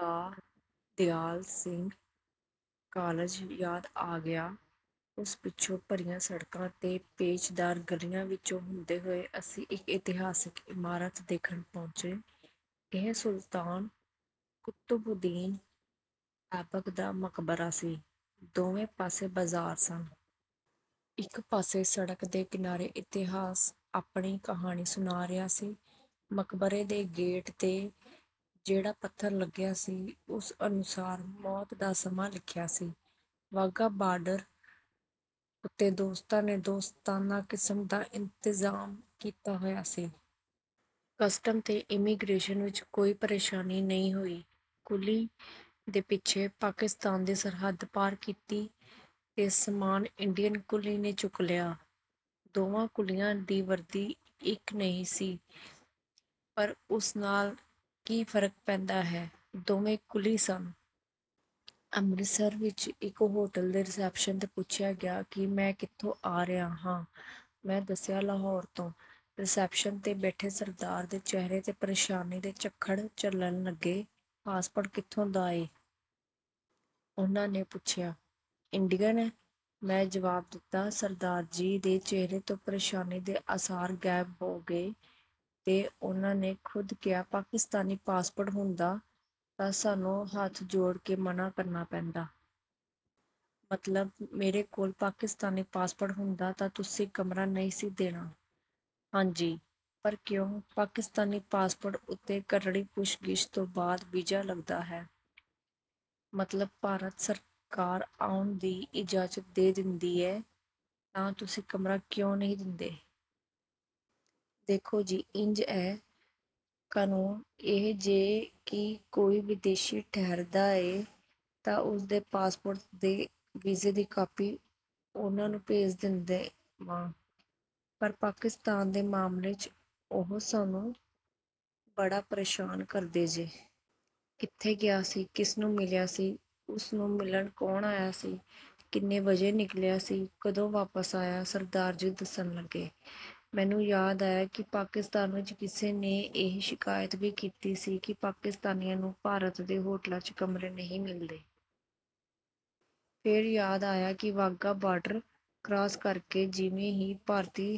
ਦਾ Dyal Singh college ਯਾਦ ਆ ਗਿਆ। ਉਸ ਪਿੱਛੋਂ ਭਰੀਆਂ ਸੜਕਾਂ ਤੇ ਪੇਚਦਾਰ ਗਲੀਆਂ ਵਿਚੋਂ ਹੁੰਦੇ ਹੋਏ ਅਸੀਂ ਇਕ ਇਤਿਹਾਸਕ ਇਮਾਰਤ ਦੇਖਣ ਪਹੁੰਚੇ। ਇਹ ਸੁਲਤਾਨ ਕੁਤੁਬਉੱਦੀਨ ਐਬਕ ਦਾ ਮਕਬਰਾ ਸੀ। ਦੋਵੇਂ ਪਾਸੇ ਬਾਜ਼ਾਰ ਸਨ। ਇਕ ਪਾਸੇ ਸੜਕ ਦੇ ਕਿਨਾਰੇ ਇਤਿਹਾਸ ਆਪਣੀ ਕਹਾਣੀ ਸੁਣਾ ਰਿਹਾ ਸੀ। ਮਕਬਰੇ ਦੇ ਗੇਟ 'ਤੇ ਜਿਹੜਾ ਪੱਥਰ ਲੱਗਿਆ ਸੀ, ਉਸ ਅਨੁਸਾਰ ਮੌਤ ਦਾ ਸਮਾਂ ਲਿਖਿਆ ਸੀ। ਵਾਘਾ ਬਾਰਡਰ ਉੱਤੇ ਦੋਸਤਾਂ ਨੇ 'ਦੋਸਤਾਨਾ ਕਿਸਮ' ਦਾ ਇੰਤਜ਼ਾਮ ਕੀਤਾ ਹੋਇਆ ਸੀ। ਕਸਟਮ ਤੇ ਇਮੀਗ੍ਰੇਸ਼ਨ ਵਿਚ ਕੋਈ ਪ੍ਰੇਸ਼ਾਨੀ ਨਹੀਂ ਹੋਈ। ਕੁਲੀ ਦੇ ਪਿੱਛੇ ਪਾਕਿਸਤਾਨ ਦੀ ਸਰਹੱਦ ਪਾਰ ਕੀਤੀ ਤੇ ਸਮਾਨ ਇੰਡੀਅਨ ਕੁਲੀ ਨੇ ਚੁੱਕ ਲਿਆ। ਦੋਵਾਂ ਕੁਲੀਆਂ ਦੀ ਵਰਦੀ ਇਕ ਨਹੀਂ ਸੀ, ਪਰ ਉਸ ਨਾਲ ਕੀ ਫ਼ਰਕ ਪੈਂਦਾ ਹੈ—ਦੋਵੇਂ ਕੁਲੀ ਸਨ। ਅੰਮ੍ਰਿਤਸਰ ਵਿਚ ਇਕ ਹੋਟਲ ਦੇ ਰਿਸੈਪਸ਼ਨ 'ਤੇ ਪੁੱਛਿਆ ਗਿਆ ਕਿ ਮੈਂ ਕਿੱਥੋਂ ਆ ਰਿਹਾ ਹਾਂ। ਮੈਂ ਦੱਸਿਆ, "ਲਾਹੌਰ ਤੋਂ।" ਰਿਸੈਪਸ਼ਨ 'ਤੇ ਬੈਠੇ ਸਰਦਾਰ ਦੇ ਚਿਹਰੇ 'ਤੇ ਪ੍ਰੇਸ਼ਾਨੀ ਦੇ ਝੱਖੜ ਝੁੱਲਣ ਲੱਗੇ। "ਪਾਸਪੋਰਟ ਕਿੱਥੋਂ ਦਾ ਏ?" ਉਹਨਾਂ ਨੇ ਪੁੱਛਿਆ। "ਇੰਡੀਅਨ ਏਂ।" ਮੈਂ ਜਵਾਬ ਦਿੱਤਾ। ਸਰਦਾਰ ਜੀ ਦੇ ਚਿਹਰੇ ਤੋਂ ਪ੍ਰੇਸ਼ਾਨੀ ਦੇ ਆਸਾਰ ਗ਼ਾਇਬ ਹੋ ਗਏ ਤੇ ਉਹਨਾਂ ਨੇ ਖ਼ੁਦ ਕਿਹਾ, "ਪਾਕਿਸਤਾਨੀ ਪਾਸਪੋਰਟ ਹੁੰਦਾ ਤਾਂ ਸਾਨੂੰ ਹੱਥ ਜੋੜ ਕੇ ਮਨ੍ਹਾਂ ਕਰਨਾ ਪੈਂਦਾ।" "ਮਤਲਬ ਮੇਰੇ ਕੋਲ ਪਾਕਿਸਤਾਨੀ ਪਾਸਪੋਰਟ ਹੁੰਦਾ ਤਾਂ ਤੁਸੀਂ ਕਮਰਾ ਨਹੀਂ ਸੀ ਦੇਣਾ?" "ਹਾਂ ਜੀ।" "ਪਰ ਕਿਉਂ? ਪਾਕਿਸਤਾਨੀ ਪਾਸਪੋਰਟ ਉੱਤੇ ਕਰੜੀ ਪੁੱਛਗਿੱਛ ਤੋਂ ਬਾਅਦ ਵੀਜ਼ਾ ਲੱਗਦਾ ਏ। ਮਤਲਬ ਭਾਰਤ ਸਰਕਾਰ ਆਉਣ ਦੀ ਇਜਾਜ਼ਤ ਦੇ ਦੇਂਦੀ ਏ, ਤਾਂ ਤੁਸੀਂ ਕਮਰਾ ਕਿਉਂ ਨਹੀਂ ਦੇਂਦੇ?" "ਦੇਖੋ ਜੀ... ਇੰਜ ਏ... ਕਾਨੂੰਨ ਇਹ ਜੇ ਕਿ ਕੋਈ ਵਿਦੇਸ਼ੀ ਠਹਿਰਦਾ ਏ ਤਾਂ ਉਸਦੇ ਪਾਸਪੋਰਟ ਤੇ ਵੀਜ਼ੇ ਦੀ ਕਾਪੀ 'ਉਹਨਾਂ' ਨੂੰ ਭੇਜ ਦੇਂਦੇ ਵਾਂ। ਪਰ ਪਾਕਿਸਤਾਨ ਦੇ ਮਾਮਲੇ 'ਚ 'ਉਹ' ਸਾਨੂੰ ਬੜਾ ਪ੍ਰੇਸ਼ਾਨ ਕਰਦੇ ਜੇ। ਕਿੱਥੇ ਗਿਆ ਸੀ? ਕਿਸਨੂੰ ਮਿਲਿਆ ਸੀ? ਉਸਨੂੰ ਮਿਲਣ ਕੌਣ ਆਇਆ ਸੀ?... ਕਿੰਨੇ ਵਜੇ ਨਿਕਲਿਆ ਸੀ? ਕਦੋਂ ਵਾਪਸ ਆਇਆ...?" ਸਰਦਾਰ ਜੀ ਦੱਸਣ ਲੱਗੇ। ਮੈਨੂੰ ਯਾਦ ਆਇਆ ਕਿ ਪਾਕਿਸਤਾਨ ਵਿਚ ਕਿਸੇ ਨੇ ਇਹ ਸ਼ਿਕਾਇਤ ਵੀ ਕੀਤੀ ਸੀ ਕਿ ਪਾਕਿਸਤਾਨੀਆਂ ਨੂੰ ਭਾਰਤ ਦੇ ਹੋਟਲਾਂ 'ਚ ਕਮਰੇ ਨਹੀਂ ਮਿਲਦੇ। ਫੇਰ ਯਾਦ ਆਇਆ ਕਿ ਵਾਘਾ ਬਾਰਡਰ ਕਰਾਸ ਕਰਕੇ, ਜਿਵੇਂ ਹੀ ਭਾਰਤੀ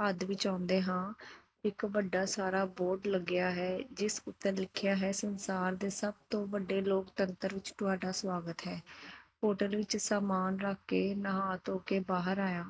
ਹੱਦ ਵਿਚ ਆਉਂਦੇ ਹਾਂ, ਇਕ ਵੱਡਾ ਸਾਰਾ ਬੋਰਡ ਲੱਗਿਆ ਹੈ, ਜਿਸ ਉੱਤੇ ਲਿਖਿਆ ਹੈ—'ਸੰਸਾਰ ਦੇ ਸਭ ਤੋਂ ਵੱਡੇ ਲੋਕਤੰਤਰ ਵਿਚ ਤੁਹਾਡਾ ਸਵਾਗਤ ਹੈ।' ਹੋਟਲ ਵਿਚ ਸਾਮਾਨ ਰੱਖ ਕੇ, ਨਹਾਅ-ਧੋ ਕੇ ਬਾਹਰ ਆਇਆ।